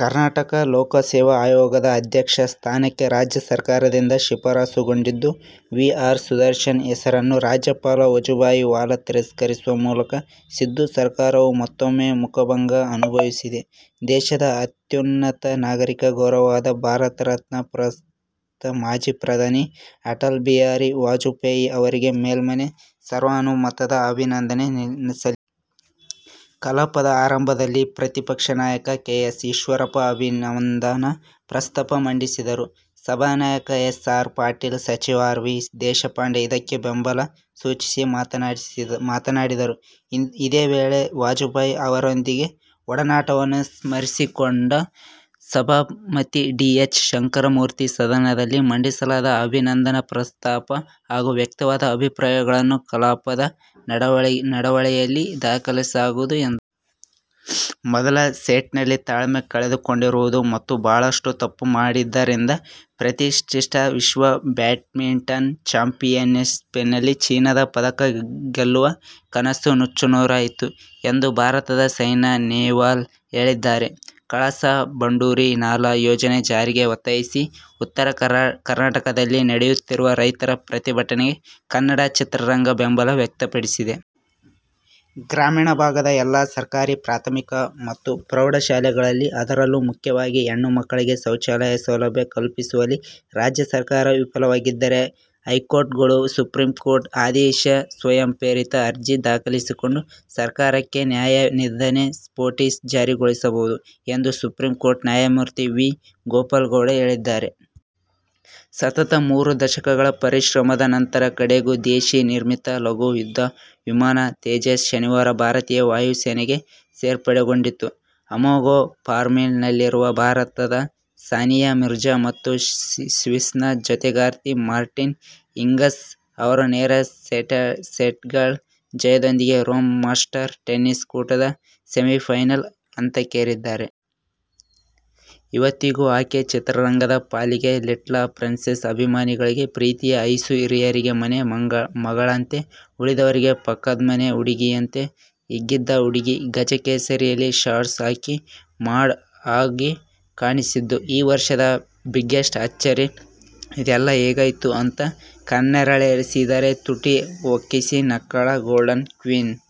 ಕರ್ನಾಟಕ ಲೋಕಸೇವಾ ಆಯೋಗದ ಅಧ್ಯಕ್ಷ ಸ್ಥಾನಕ್ಕೆ ರಾಜ್ಯ ಸರ್ಕಾರದಿಂದ ಶಿಫಾರಸ್ಸುಗೊಂಡಿದ್ದ ವಿ. ಆರ್ ಸುದರ್ಶನ್ ಹೆಸರನ್ನು ರಾಜ್ಯಪಾಲ ವಜುಭಾಯಿ ವಾಲಾ ತಿರಸ್ಕರಿಸುವ ಮೂಲಕ ಸಿದ್ದು ಸರ್ಕಾರವು ಮತ್ತೊಮ್ಮೆ ಮುಖಭಂಗ ಅನುಭವಿಸಿದೆ. ದೇಶದ ಅತ್ಯುನ್ನತ ನಾಗರಿಕ ಗೌರವವಾದ ಭಾರತರತ್ನ ಪುರಸ್ಕೃತ ಮಾಜಿ ಪ್ರಧಾನಿ ಅಟಲ್ ಬಿಹಾರಿ ವಾಜಪೇಯಿ ಅವರಿಗೆ ಮೇಲ್ಮನೆ ಸರ್ವಾನುಮತದ ಅಭಿನಂದನೆ ಸಲ್ಲಿಸಿತು. ಕಲಾಪದ ಆರಂಭದಲ್ಲಿ ಪ್ರತಿಪಕ್ಷ ನಾಯಕ ಕೆ. ಎಸ್. ಈಶ್ವರಪ್ಪ ಅಭಿನಂದನಾ ಪ್ರಸ್ತಾಪ ಮಂಡಿಸಿದರು. ಸಭಾನಾಯಕ ಎಸ್. ಆರ್. ಪಾಟೀಲ್, ಸಚಿವ ಆರ್. ವಿ. ದೇಶಪಾಂಡೆ ಇದಕ್ಕೆ ಬೆಂಬಲ ಸೂಚಿಸಿ ಮಾತನಾಡಿದರು. ಇದೇ ವೇಳೆ ವಾಜಪೇಯಿ ಅವರೊಂದಿಗಿನ ಒಡನಾಟವನ್ನು ಸ್ಮರಿಸಿಕೊಂಡ ಸಭಾಪತಿ ಡಿ. ಎಚ್. ಶಂಕರಮೂರ್ತಿ, ಸದನದಲ್ಲಿ ಮಂಡಿಸಲಾದ ಅಭಿನಂದನಾ ಪ್ರಸ್ತಾಪ ಹಾಗೂ ವ್ಯಕ್ತವಾದ ಅಭಿಪ್ರಾಯಗಳನ್ನು ಕಲಾಪದ ನಡಾವಳಿಯಲ್ಲಿ ದಾಖಲಿಸಲಾಗುವುದು ಎಂದರು. ಮೊದಲ ಸೆಟ್ನಲ್ಲಿ ತಾಳ್ಮೆ ಕಳೆದುಕೊಂಡಿರುವುದು ಮತ್ತು ಬಹಳಷ್ಟು ತಪ್ಪು ಮಾಡಿದ್ದರಿಂದ ಪ್ರತಿಷ್ಠಿತ ವಿಶ್ವ ಬ್ಯಾಡ್ಮಿಂಟನ್ ಚಾಂಪಿಯನ್ಶಿಪ್ನಲ್ಲಿ ಚಿನ್ನದ ಪದಕ ಗೆಲ್ಲುವ ಕನಸು ನುಚ್ಚುನೂರಾಯಿತು ಎಂದು ಭಾರತದ ಸೈನಾ ನೆಹ್ವಾಲ್ ಹೇಳಿದ್ದಾರೆ. ಕಳಸಾ-ಬಂಡೂರಿ ನಾಲಾ ಯೋಜನೆ ಜಾರಿಗೆ ಒತ್ತಾಯಿಸಿ ಉತ್ತರ ಕರ್ನಾಟಕದಲ್ಲಿ ನಡೆಯುತ್ತಿರುವ ರೈತರ ಪ್ರತಿಭಟನೆಗೆ ಕನ್ನಡ ಚಿತ್ರರಂಗ ಬೆಂಬಲ ವ್ಯಕ್ತಪಡಿಸಿದೆ. ಗ್ರಾಮೀಣ ಭಾಗದ ಎಲ್ಲಾ ಸರ್ಕಾರಿ ಪ್ರಾಥಮಿಕ ಮತ್ತು ಪ್ರೌಢ ಶಾಲೆಗಳಲ್ಲಿ, ಅದರಲ್ಲೂ ಮುಖ್ಯವಾಗಿ ಹೆಣ್ಣು ಮಕ್ಕಳಿಗೆ ಶೌಚಾಲಯ ಸೌಲಭ್ಯ ಕಲ್ಪಿಸುವಲ್ಲಿ ರಾಜ್ಯ ಸರ್ಕಾರ ವಿಫಲವಾಗಿದ್ದರೆ ಹೈಕೋರ್ಟ್ಗಳು ಸುಪ್ರೀಂ ಕೋರ್ಟ್ ಆದೇಶದಂತೆಸ್ವಯಂಪ್ರೇರಿತ ಅರ್ಜಿ ದಾಖಲಿಸಿಕೊಂಡು ಸರ್ಕಾರಕ್ಕೆ ನ್ಯಾಯಾಂಗ ನಿಂದನೆ ನೋಟಿಸ್ಜಾರಿಗೊಳಿಸಬಹುದು ಎಂದು ಸುಪ್ರೀಂಕೋರ್ಟ್ ನ್ಯಾಯಮೂರ್ತಿ ವಿ. ಗೋಪಾಲಗೌಡ ಹೇಳಿದ್ದಾರೆ. ಸತತ ಮೂರು ದಶಕಗಳ ಪರಿಶ್ರಮದ ನಂತರ ಕಡೆಗೂ ದೇಶೀ ನಿರ್ಮಿತ ಲಘು ಯುದ್ಧ ವಿಮಾನ "ತೇಜಸ್' ಶನಿವಾರ ಭಾರತೀಯ ವಾಯುಸೇನೆಗೆ ಸೇರ್ಪಡೆಗೊಂಡಿತು. ಅಮೋಘ ಫಾರ್ಮ್ನಲ್ಲಿರುವ ಭಾರತದ ಸಾನಿಯಾ ಮಿರ್ಜಾ ಮತ್ತು ಸ್ವಿಸ್ನ ಜತೆಗಾರ್ತಿ ಮಾರ್ಟಿನಾ ಹಿಂಗಿಸ್ ಅವರು ನೇರ ಸೆಟ್ಗಳ ಜಯದೊಂದಿಗೆ ರೋಮ್ ಮಾಸ್ಟರ್ ಟೆನಿಸ್ ಕೂಟದ ಸೆಮಿಫೈನಲ್ ಹಂತಕ್ಕೇರಿದ್ದಾರೆ. ಇವತ್ತಿಗೂ ಆಕೆ ಚಿತ್ರರಂಗದ ಪಾಲಿಗೆ ಲಿಟ್ಲ ಪ್ರಿನ್ಸೆಸ್. ಅಭಿಮಾನಿಗಳಿಗೆ ಪ್ರೀತಿಯ ಐಸೂ. ಹಿರಿಯರಿಗೆ ಮನೆ ಮಗಳಂತೆ. ಉಳಿದವರಿಗೆ ಪಕ್ಕದ್ಮನೆ ಹುಡ್ಗಿಯಂತೆ. ಹೀಗಿದ್ದ ಹುಡ್ಗಿ "ಗಜಕೇಸರಿ'ಯಲ್ಲಿ ಶಾರ್ಟ್ಸ್ ಹಾಕಿ ಮಾಡ್ ಆಗಿ ಕಾಣಿಸಿದ್ದು ಈ ವರ್ಷದ ಬಿಗ್ಗೆಸ್ಟ್ ಅಚ್ಚರಿ. ಇದೆಲ್ಲಾ ಹೇಗಾಯ್ತು ಅಂತ ಕಣ್ಣರಳಿಸಿದರೆ ತುಟಿ ಕೊಂಕಿಸಿ ನಕ್ಕಳಾ ಗೋಲ್ಡನ್ ಕ್ವೀನು.